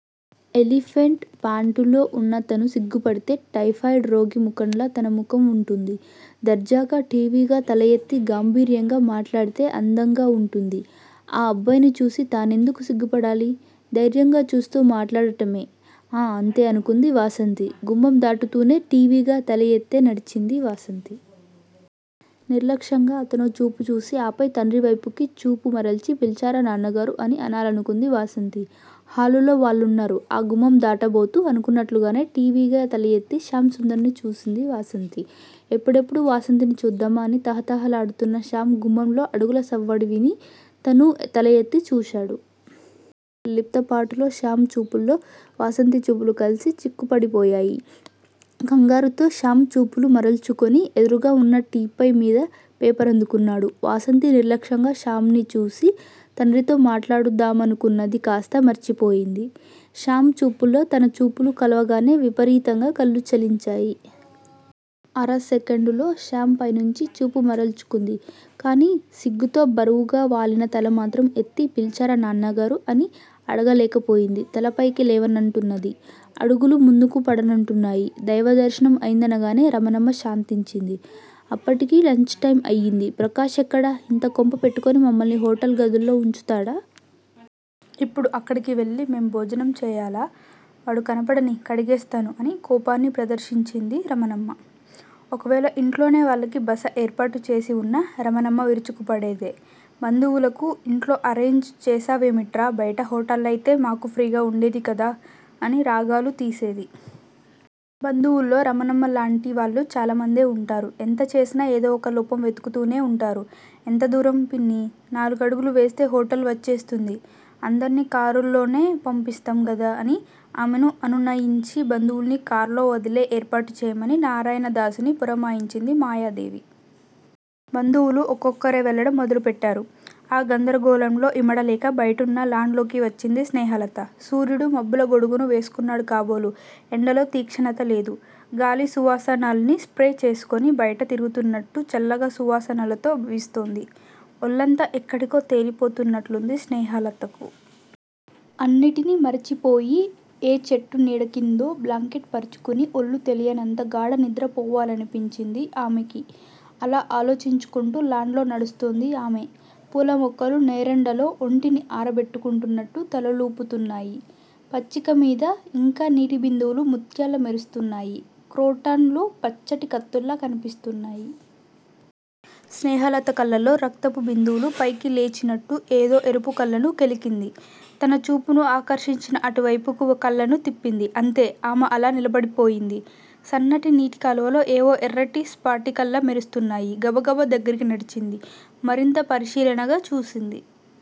Elephant పాంటులో వున్న తను సిగ్గుపడితే టైఫాయిడ్ రోగి ముఖంలా తన ముఖం వుంటుంది. దర్జాగా ఠీవిగా తలఎత్తి గంభీర్యంగా మాట్లాడితే అందంగా వుంటుంది. ఆ అబ్బాయిని చూసి తానెందుకు సిగ్గుపడాలి! ధైర్యంగా చూస్తూ మాట్లాడటమే. ఆ అంతే అనుకుంది వాసంతి. గుమ్మందాటుతూనే ఠీవిగా తలఎత్తే నడిచింది వాసంతి. నిర్లక్ష్యంగా అతనో చూపు చూసి ఆపై తండ్రివైపుకి చూపు మరల్చి పిల్చారా నాన్నగారూ! అని అనాలనుకుంది వాసంతి. హాలులో వాళ్లున్నారు. ఆ గుమ్మం దాటబోతూ అనుకున్నట్లుగానే ఠీవిగా తలఎత్తి శ్యామ్ సుందర్ ని చూసింది వాసంతి. ఎప్పుడెప్పుడు వాసంతిని చూద్దామా అని తహతహలాడుతున్న శ్యామ్ గుమ్మంలో అడుగుల సవ్వడి విని తనూ తలఎత్తి చూశాడు. లిప్తపాటులో శ్యామ్ చూపుల్లో వాసంతి చూపులు కల్సి చిక్కుపడిపోయాయి. కంగారుతో శ్యామ్ చూపులు మరల్చుకుని ఎదురుగా వున్న టీపాయ్ మీద పేపరందుకున్నాడు. వాసంతి నిర్లక్ష్యంగా శ్యామ్ ని చూసి తండ్రితో మాట్లాడుదామనుకున్నది కాస్తా మర్చిపోయింది. శ్యామ్ చూపుల్లో తన చూపులు కలవగానే విపరీతంగా కళ్ళు చలించాయి. అరసెకండులో శ్యామ్ పైనుంచి చూపు మరల్చుకుంది. కాని సిగ్గుతో బరువుగా వాలిన తల మాత్రం ఎత్తి పిల్చారా నాన్నగారూ! అని అడగలేకపోయింది. తలపైకి లేవనంటున్నది. అడుగులు ముందుకు పడనంటున్నాయి. దైవదర్శనం అయిందనగానే రమణమ్మ శాంతించింది. అప్పటికి లంచ్ టైమ్ అయింది. ప్రకాష్ ఎక్కడ? ఇంత కొంప పెట్టుకుని మమ్మల్ని హోటల్ గదుల్లో వుంచుతాడా? ఇప్పుడు అక్కడికి వెళ్ళి మేం భోజనం చేయాలా? వాడు కనపడనీ కడిగేస్తాను అని కోపాన్ని ప్రదర్శించింది రమణమ్మ. ఒకవేళ ఇంట్లోనే వాళ్ళకి బస ఏర్పాటు చేసివున్నా రమణమ్మ విరుచుకు పడేదే. బంధువులకు ఇంట్లో అరేంజ్ చేశావేమిట్రా. బయట హోటళ్ళయితే మాకు ఫ్రీగా వుండేదికదా అని రాగాలు తీసేది. బంధువుల్లో రమణమ్మలాంటి వాళ్ళు చాలామందే వుంటారు ఎంత చేసినా ఏదో ఒక లోపం వెదుకుతూనే వుంటారు. ఎంత దూరం పిన్నీ- నాలుగడుగులు వేస్తే హోటల్ వచ్చేస్తుంది. అందర్నీ కారుల్లోనే పంపిస్తాం గదా అని ఆమెను అనునయించి బంధువుల్ని కార్లో వదిలే ఏర్పాట్లు చేయమని నారాయణదాసుని పురమాయించింది మాయాదేవి. బంధువులు ఒక్కొక్కరే వెళ్ళడం మొదలుపెట్టారు. ఆ గందరగోళంలో ఇమడలేక బయటున్న లాన్ లోకి వచ్చింది స్నేహలత. సూర్యుడు మబ్బుల గొడుగును వేసుకున్నాడు కాబోలు ఎండలో తీక్షణత లేదు. గాలి సువాసనల్ని స్ప్రే చేసుకుని బయట తిరుగుతున్నట్టు చల్లగా సువాసనలతో వీస్తోంది. ఒళ్ళంతా ఎక్కడికో తేలిపోతున్నట్లుంది స్నేహలతకు. అన్నిటినీ మరిచిపోయి ఏ చెట్టు నీడకిందో బ్లాంకెట్ పరుచుకుని ఒళ్ళు తెలియనంత గాఢనిద్ర పోవాలనిపించింది ఆమెకి. అలా ఆలోచించుకుంటూ లాన్ లో నడుస్తోంది ఆమె. పూలమొక్కలు నీరెండలో ఒంటిని ఆరబెట్టుకుంటున్నట్టు తలలూపుతున్నాయి. పచ్చికమీద ఇంకా నీటిబిందువులు ముత్యాల్లా మెరుస్తున్నాయి. క్రోటన్ లు పచ్చటి కత్తుల్లా కనిపిస్తున్నాయి. స్నేహలత కళ్ళల్లో రక్తపు బిందువులు పైకి లేచినట్టు ఏదో ఎరుపు కళ్ళను కెలికింది. తన చూపును ఆకర్షించిన అటువైపుకు కళ్ళను తిప్పింది. అంతే- ఆమె అలా నిలబడిపోయింది. సన్నటి నీటి కాలువలో ఏవో ఎర్రటి స్పటికాల్లా మెరుస్తున్నాయి. గబాగబా దగ్గరికి నడిచింది. మరింత పరిశీలనగా చూసింది.